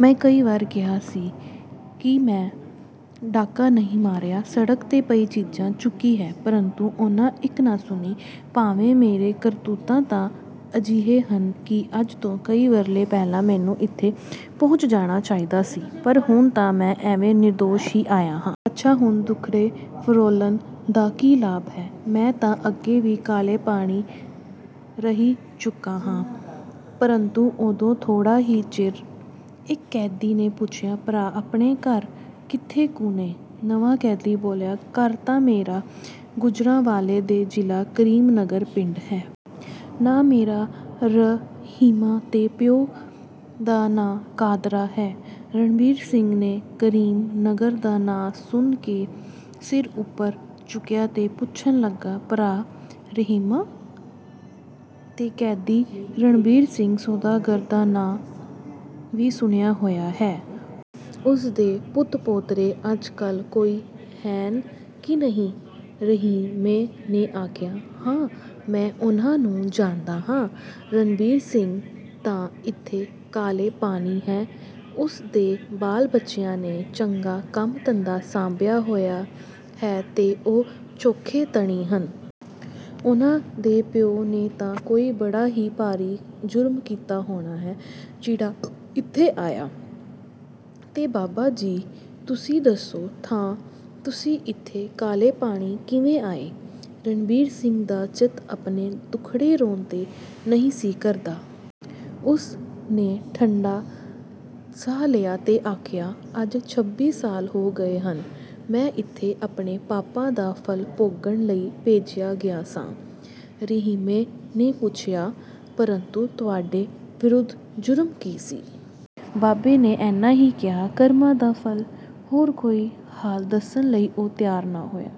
ਮੈਂ ਕਈ ਵਾਰ ਕਿਹਾ ਸੀ ਕਿ ਮੈਂ ਡਾਕਾ ਨਹੀਂ ਮਾਰਿਆ, ਸੜਕ ਤੇ ਪਈ ਚੀਜ਼ ਚੁੱਕੀ ਹੈ, ਪਰੰਤੂ ਉਨ੍ਹਾਂ ਇੱਕ ਨਾ ਸੁਣੀ। ਭਾਵੇਂ ਮੇਰੇ ਕਰਤੂਤ ਤਾਂ ਅਜਿਹੇ ਹਨ ਕਿ ਅੱਜ ਤੋਂ ਕਈ ਵਰ੍ਹੇ ਪਹਿਲਾਂ ਮੈਨੂੰ ਇੱਥੇ ਪਹੁੰਚ ਜਾਣਾ ਚਾਹੀਦਾ ਸੀ, ਪਰ ਹੁਣ ਤਾਂ ਮੈਂ ਐਵੇਂ ਨਿਰਦੋਸ਼ ਹੀ ਆਇਆ ਹਾਂ। ਅੱਛਾ, ਹੁਣ ਦੁੱਖੜੇ ਫੋਲਣ ਦਾ ਕੀ ਲਾਭ? ਮੈਂ ਤਾਂ ਅੱਗੇ ਵੀ ਕਾਲੇ ਪਾਣੀ ਰਹਿ ਚੁੱਕਾ ਹਾਂ, ਪਰੰਤੂ ਉਦੋਂ ਥੋੜਾ ਹੀ ਚਿਰ...। ਇੱਕ ਕੈਦੀ ਨੇ ਪੁੱਛਿਆ, "ਭਰਾ, ਆਪਣੇ ਘਰ ਕਿੱਥੇ ਕੁ ਨੇ?" ਨਵਾਂ ਕੈਦੀ ਬੋਲਿਆ, "ਘਰ ਤਾਂ ਮੇਰਾ ਗੁਜਰਾਂਵਾਲੇ ਦੇ ਜ਼ਿਲ੍ਹੇ ਕਰੀਮ ਨਗਰ ਪਿੰਡ ਹੈ। ਨਾਂ ਮੇਰਾ ਰਹੀਮਾਂ ਤੇ ਪਿਉ ਦਾ ਨਾਂ ਕਾਦਰਾ ਹੈ।" ਰਣਬੀਰ ਸਿੰਘ ਨੇ ਕਰੀਮ ਨਗਰ ਦਾ ਨਾਂ ਸੁਣ ਕੇ ਸਿਰ ਉੱਪਰ ਚੁੱਕਿਆ ਤੇ ਪੁੱਛਣ ਲੱਗਾ, "ਭਰਾ ਰਹੀਮਾ! ਤੈਂ ਕੈਦੀ ਰਣਬੀਰ ਸਿੰਘ ਸੌਦਾਗਰ ਦਾ ਨਾਂ ਵੀ ਸੁਣਿਆ ਹੋਇਆ ਹੈ? ਉਸ ਦੇ ਪੁੱਤ-ਪੋਤਰੇ ਅੱਜ ਕੱਲ੍ਹ ਕੋਈ ਹੈਨ ਕਿ ਨਹੀਂ?" ਰਹੀਮੇ ਨੇ ਆਖਿਆ, "ਹਾਂ, ਮੈਂ ਉਨ੍ਹਾਂ ਨੂੰ ਜਾਣਦਾ ਹਾਂ। ਰਣਬੀਰ ਸਿੰਘ ਤਾਂ ਇੱਥੇ ਕਾਲੇ ਪਾਣੀ ਹੈ। ਉਸ ਦੇ ਬਾਲ-ਬੱਚਿਆਂ ਨੇ ਚੰਗਾ ਕੰਮ-ਧੰਧਾ ਸਾਂਭਿਆ ਹੋਇਆ ਹੈ ਤੇ ਉਹ ਚੋਖੇ ਧਨੀ ਹਨ। ਉਨ੍ਹਾਂ ਦੇ ਪਿਉ ਨੇ ਤਾਂ ਕੋਈ ਬੜਾ ਹੀ ਭਾਰੀ ਜੁਰਮ ਕੀਤਾ ਹੋਣਾ ਹੈ, ਜਿਹੜਾ ਇੱਥੇ ਆਇਆ। ਤੇ ਬਾਬਾ ਜੀ! ਤੁਸੀਂ ਦੱਸੋ ਖਾਂ, ਤੁਸੀਂ ਇੱਥੇ ਕਾਲੇ ਪਾਣੀ ਕਿਵੇਂ ਆਏ?" ਰਣਬੀਰ ਸਿੰਘ ਦਾ ਚਿੱਤ ਆਪਣੇ ਦੁੱਖੜੇ ਰੋਣ ਤੇ ਨਹੀਂ ਸੀ ਕਰਦਾ। ਉਸ ਨੇ ਠੰਢਾ ਸਾਹ ਲਿਆ ਤੇ ਆਖਿਆ, "ਅੱਜ ਛੱਬੀ ਸਾਲ ਹੋ ਗਏ ਹਨ। ਮੈਂ ਇੱਥੇ ਆਪਣੇ ਪਾਪਾਂ ਦਾ ਫਲ ਭੋਗਣ ਲਈ ਭੇਜਿਆ ਗਿਆ ਸਾਂ।" ਰਹੀਮੇ ਨੇ ਪੁੱਛਿਆ, "ਪਰੰਤੂ ਤੁਹਾਡੇ ਵਿਰੁੱਧ ਜੁਰਮ ਕੀ ਸੀ?" ਬਾਬੇ ਨੇ ਇੰਨਾ ਹੀ ਕਿਹਾ, "ਕਰਮਾਂ ਦਾ ਫਲ।" ਹੋਰ ਕੋਈ ਹਾਲ ਦੱਸਣ ਲਈ ਉਹ ਤਿਆਰ ਨਾ ਹੋਇਆ।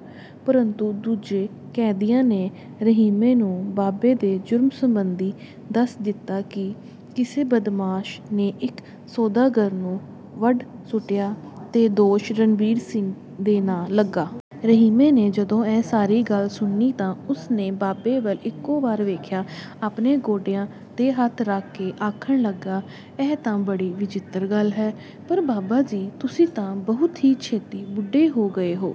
ਪਰੰਤੂ ਦੂਜੇ ਕੈਦੀਆਂ ਨੇ ਰਹੀਮੇ ਨੂੰ ਬਾਬੇ ਦੇ ਜੁਰਮ ਸਬੰਧੀ ਦੱਸ ਦਿੱਤਾ ਕਿ ਕਿਸੇ ਬਦਮਾਸ਼ ਨੇ ਇੱਕ ਸੌਦਾਗਰ ਨੂੰ ਵੱਢ ਸੁੱਟਿਆ ਤੇ ਦੋਸ਼ ਰਣਬੀਰ ਸਿੰਘ ਦੇ ਨਾਂ ਲੱਗਾ। ਰਹੀਮੇ ਨੇ ਜਦੋਂ ਇਹ ਸਾਰੀ ਗੱਲ ਸੁਣੀ ਤਾਂ ਉਸ ਨੇ ਬਾਬੇ ਵੱਲ ਇਕੋ ਵਾਰ ਵੇਖਿਆ। ਆਪਣੇ ਗੋਡਿਆਂ ਤੇ ਹੱਥ ਰੱਖ ਕੇ ਆਖਣ ਲੱਗਾ, "ਇਹ ਤਾਂ ਬੜੀ ਵਿਚਿੱਤਰ ਗੱਲ ਹੈ। ਪਰ ਬਾਬਾ ਜੀ! ਤੁਸੀਂ ਤਾਂ ਬਹੁਤ ਹੀ ਛੇਤੀ ਬੁੱਢੇ ਹੋ ਗਏ ਹੋ?"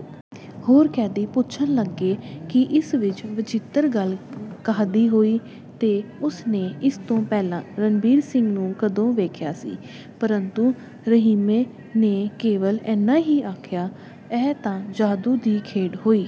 ਹੋਰ ਕੈਦੀ ਪੁੱਛਣ ਲੱਗੇ ਕਿ ਇਸ ਵਿਚ ਵਿਚਿੱਤਰ ਗੱਲ ਕਾਹਦੀ ਹੋਈ ਤੇ ਉਸ ਨੇ ਇਸ ਤੋਂ ਪਹਿਲਾਂ ਰਣਬੀਰ ਸਿੰਘ ਨੂੰ ਕਦੋਂ ਵੇਖਿਆ ਸੀ, ਪਰੰਤੂ ਰਹੀਮੇ ਨੇ ਕੇਵਲ ਇੰਨਾ ਹੀ ਆਖਿਆ, "ਇਹ ਤਾਂ ਜਾਦੂ ਦੀ ਖੇਡ ਹੋਈ।